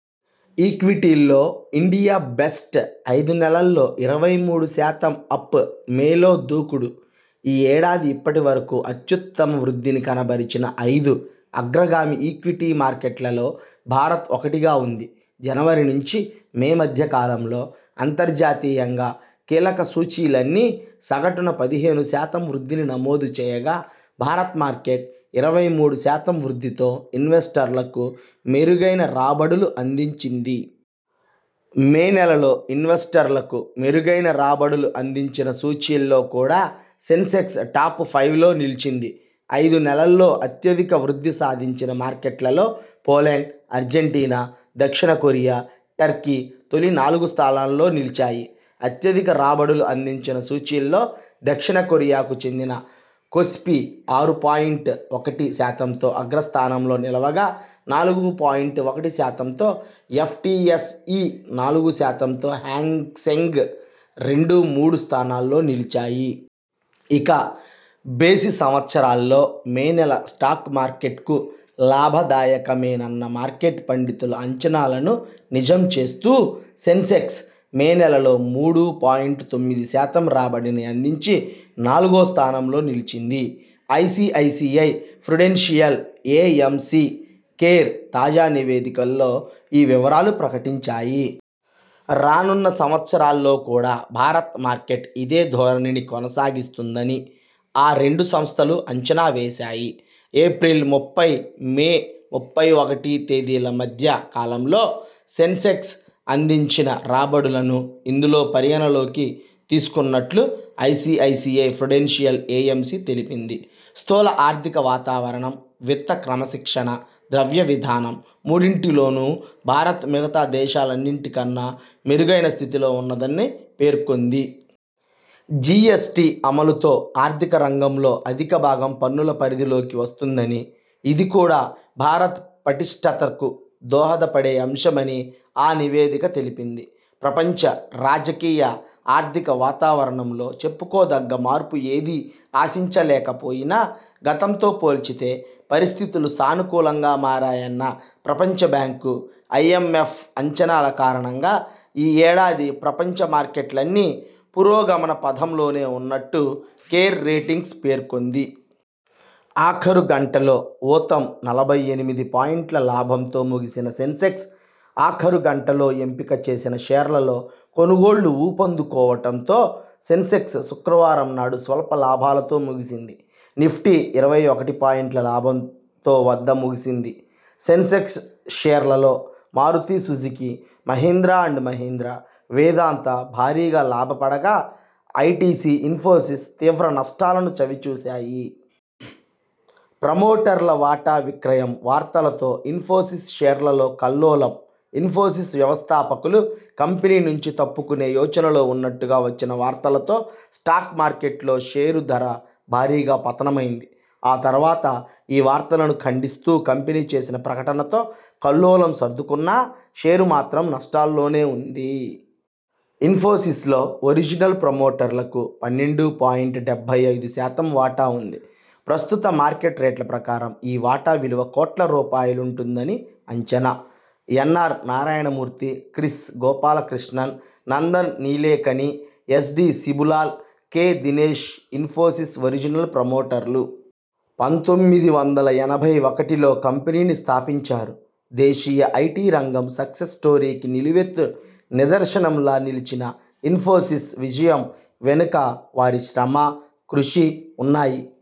ఈక్విటీల్లో India best ఐదు నెలల్లో ఇరవై మూడు శాతం అప్ మేలో దూకుడు ఈ ఏడాది ఇప్పటివరకు అత్యుత్తమ వృద్ధిని కనబరిచిన ఐదు అగ్రగామి ఈక్విటీ మార్కెట్లలో భారత్ ఒకటిగా ఉంది. జనవరి నుంచి మే మధ్య కాలంలో అంతర్జాతీయంగా కీలక సూచీలన్నీ సగటున పదిహేను శాతం వృద్ధిని నమోదు చేయగా భారత మార్కెట్ ఇరవై మూడు శాతం వృద్ధితో ఇన్వెస్టర్లకు మెరుగైన రాబడులు అందించింది. మే నెలలో ఇన్వెస్టర్లకు మెరుగైన రాబడులు అందించిన సూచీల్లో కూడా సెన్సెక్స్ టాప్ ఫైవ్లో నిలిచింది. ఐదు నెలల్లో అత్యధిక వృద్ధి సాధించిన మార్కెట్లలో పోలెండ్, అర్జెంటీనా, దక్షిణ కొరియా, టర్కీ తొలి నాలుగు స్థానాల్లో నిలిచాయి. అత్యధిక రాబడులు అందించిన సూచీల్లో దక్షిణ కొరియాకు చెందిన కోస్పి ఆరు పాయింట్ ఒకటి శాతంతో అగ్రస్థానంలో నిలవగా నాలుగు పాయింట్ ఒకటి శాతంతో ఎఫ్టిఎస్ ఇ, నాలుగు శాతంతో హ్యాంగ్సెంగ్ రెండు మూడు స్థానాల్లో నిలిచాయి. ఇక బేసి సంవత్సరాల్లో మే నెల స్టాక్ మార్కెట్కు లాభదాయకమేనన్న మార్కెట్ పండితుల అంచనాలను నిజం చేస్తూ సెన్సెక్స్ మే నెలలో మూడు పాయింట్ తొమ్మిది శాతం రాబడిని అందించి నాలుగో స్థానంలో నిలిచింది. ఐసిఐసిఐ ప్రుడెన్షియల్ ఎఎంసి, కేర్ తాజా నివేదికల్లో ఈ వివరాలు ప్రకటించాయి. రానున్న సంవత్సరాల్లో కూడా భారత మార్కెట్ ఇదే ధోరణిని కొనసాగిస్తుందని ఆ రెండు సంస్థలు అంచనా వేశాయి. ఏప్రిల్ ముప్పై మే ముప్పై ఒకటి తేదీల మధ్య కాలంలో సెన్సెక్స్ అందించిన రాబడులను ఇందులో పరిగణనలోకి తీసుకున్నట్టు ఐసిఐసిఐ ప్రుడెన్షియల్ ఎఎంసి తెలిపింది. స్థూల ఆర్థిక వాతావరణం, విత్త క్రమశిక్షణ, ద్రవ్యవిధానం మూడింటిలోనూ భారత్ మిగతా దేశాలన్నింటి కన్నా మెరుగైన స్థితిలో ఉన్నదని పేర్కొంది. జిఎ్స టి అమలుతో ఆర్థిక రంగంలో అధిక భాగం పన్నుల పరిధిలోకి వస్తుందని, ఇది కూడా భారత్ పటిష్ఠతకు దోహదపడే అంశమని ఆ నివేదిక తెలిపింది. ప్రపంచ రాజకీయ, ఆర్థిక వాతావరణంలో చెప్పుకోదగ్గ మార్పు ఏదీ ఆశించలేకపోయినా గతంతో పోల్చితే పరిస్థితులు సానుకూలంగా మారాయన్న ప్రపంచబ్యాంకు, ఐఎంఎఫ్ అంచనాల కారణంగా ఈ ఏడాది ప్రపంచ మార్కెట్లన్నీ పురోగమన పథంలోనే ఉన్నట్టు కేర్ రేటింగ్స్ పేర్కొంది. ఆఖరు గంటలో ఊతం నలభై ఎనిమిది పాయింట్ల లాభంతో ముగిసిన సెన్సెక్స్ ఆఖరు గంటలో ఎంపిక చేసిన షేర్లలో కొనుగోళ్లు ఊపందుకోవడంతో సెన్సెక్స్ శుక్రవారం నాడు స్వల్ప లాభాలతో ముగిసింది. నిఫ్టీ ఇరవై ఒకటి పాయింట్ల లాభంతో వద్ద ముగిసింది. సెన్సెక్స్ షేర్లలో మారుతి సుజుకీ, మహీంద్రా అండ్ మహీంద్రా, వేదాంత భారీగా లాభపడగా ఐటిసి, ఇన్ఫోసిస్ తీవ్ర నష్టాలను చవిచూశాయి. ప్రమోటర్ల వాటా విక్రయం వార్తలతో ఇన్ఫోసిస్ షేర్లలో కల్లోలం ఇన్ఫోసిస్ వ్యవస్థాపకులు కంపెనీనుంచి తప్పుకునే యోచనలో ఉన్నట్టుగా వచ్చిన వార్తలతో స్టాక్మార్కెట్లో షేరు ధర భారీగా పతనమైంది. ఆ తర్వాత ఈ వార్తలను ఖండిస్తూ కంపెనీ చేసిన ప్రకటనతో కల్లోలం సర్దుకున్నా షేరు మాత్రం నష్టాల్లోనే ఉంది. ఇన్ఫోసిస్ లో ఒరిజినల్ ప్రమోటర్లకు పన్నెండు పాయింట్ డెబ్బై ఐదు శాతం వాటా ఉంది. ప్రస్తుత మార్కెట్ రేట్ల ప్రకారం ఈ వాటా విలువ కోట్ల రూపాయలుంటుందని అంచనా. N R Narayana Murthy, Kris Gopalakrishnan, Nandan Nilekani, S D Shibulal, K Dinesh Infosys original ప్రమోటర్లు. పంతొమ్మిది వందల ఎనభై ఒకటిలో కంపెనీని స్థాపించారు. దేశీయ ఐటి రంగం సక్సెస్ స్టోరీకి నిలువెత్తు నిదర్శనంలా నిలిచిన ఇన్ఫోసిస్ విజయం వెనకవారి శ్రమ, కృషి ఉన్నాయి.